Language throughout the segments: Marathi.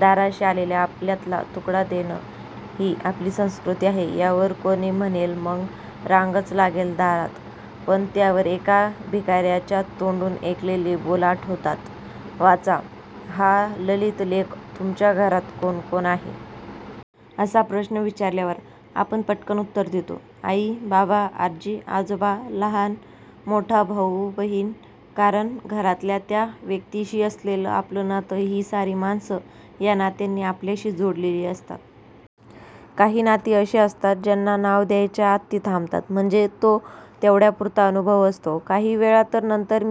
दाराशी आलेल्याला आपल्यातला तुकडा देणं ही आपली संस्कृती आहे. यावर कोणी म्हणेल, 'मग रांगच लागेल दारात! ' पण त्यावर एका भिकार्याच्या तोंडून ऐकलेले बोल आठवतात... वाचा, हा ललित लेख- "तुमच्या घरात कोण कोण आहे? " असा प्रश्न विचारल्यावर आपण पटकन उत्तर देतो –" आई, बाबा, आजी, आजोबा, लहान किंवा मोठा भाऊ-बहीण! " कारण घरातल्या त्या त्या व्यक्तींशी असलेलं आपलं नातं. ही सारी माणसं या नात्यांनी आपल्याशी जोडलेली असतात. काही नाती अशी असतात, ज्यांना नाव द्यायच्या आत ती थांबतात. म्हणजे तो तेवढ्यापुरता अनुभव असतो. काही वेळा तर नंतर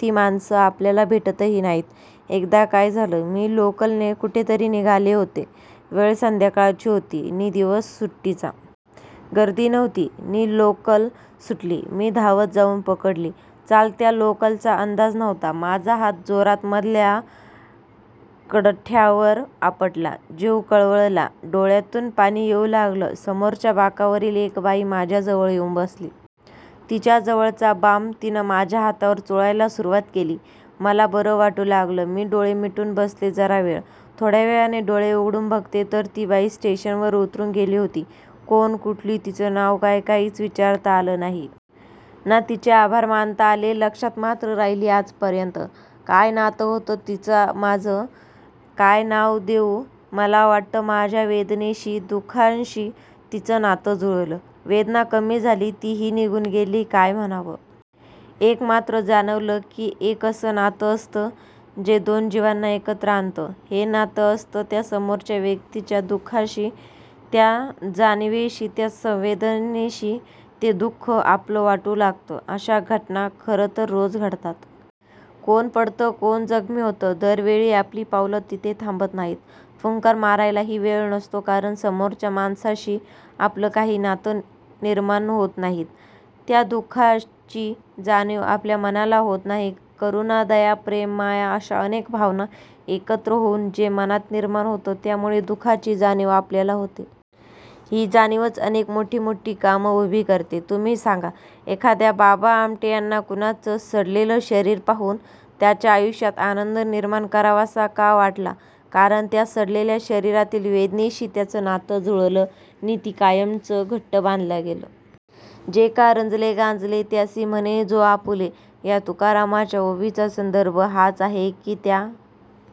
ती माणसं आपल्याला भेटतही नाहीत. एकदा काय झालं, मी लोकलने कुठेतरी निघाले होते. वेळ संध्याकाळची होती नि दिवस सुट्टीचा. गर्दी नव्हती नि लोकल सुटली. मी धावत जाऊन पकडली. चालत्या लोकलचा अंदाज नव्हता. माझा हात जोरात मधल्या कठड्यावर आपटला. जीव कळवळला. डोळ्यांतून पाणी येऊ लागलं. समोरच्या बाकावरील एक बाई माझ्या जवळ येऊन बसली. तिच्याजवळचा बाम तिनं माझ्या हातावर चोळायला सुरुवात केली. मला बरं वाटू लागलं. मी डोळे मिटून बसले जरा वेळ. थोड्या वेळाने डोळे उघडून बघते तर ती बाई स्टेशनवर उतरून गेली होती. कोण, कुठली, तिचं नाव काय, काहीच विचारता आलं नाही. ना तिचे आभार मानता आले. लक्षात मात्र राहिली आजपर्यंत. काय नातं होतं तिचं माझं? काय नाव देऊ? मला वाटतं माझ्या वेदनेशी, दु:खाशी तिचं नातं जुळलं. वेदना कमी झाली, तीही निघून गेली. काय म्हणावं? एक मात्र जाणवलं की एक असं नातं असतं, जे दोन जिवांना एकत्र आणतं. हे नातं असतं त्या समोरच्या व्यक्तीच्या दु:खाशी... त्या जाणिवेशी, त्या संवेदनेशी. ते दु:ख आपलं वाटू लागतं. अशा घटना खरंतर रोज घडतात. कोण पडतं, कोण जखमी होतं, दर वेळी आपली पावलं तिथे थांबत नाहीत. फुंकर मारायलाही वेळ नसतो, कारण समोरच्या माणसाशी आपलं काही नातंच निर्माण होत नाही. त्या दु:खाची जाणीव आपल्या मनाला होत नाही. करुणा, दया, प्रेम, माया अशा अनेक भावना एकत्र होऊन जे मनात निर्माण होतं, त्यामुळे दु:खाची जाणीव आपल्याला होते. ही जाणीवच अनेक मोठी मोठी कामं उभी करते. तुम्ही सांगा, एखाद्या बाबा आमटे यांना कुणाचं सडलेलं शरीर पाहून त्याच्या आयुष्यात आनंद निर्माण करावासा का वाटला? कारण त्या सडलेल्या शरीरातील वेदनेशी त्यांचं नातं जुळलं नि ते कायमचं घट्ट बांधलं गेलं. 'जे का रंजले गांजले, त्यासी म्हणे जो आपुले' या तुकारामांच्या ओवीचा संदर्भ हाच आहे की, त्या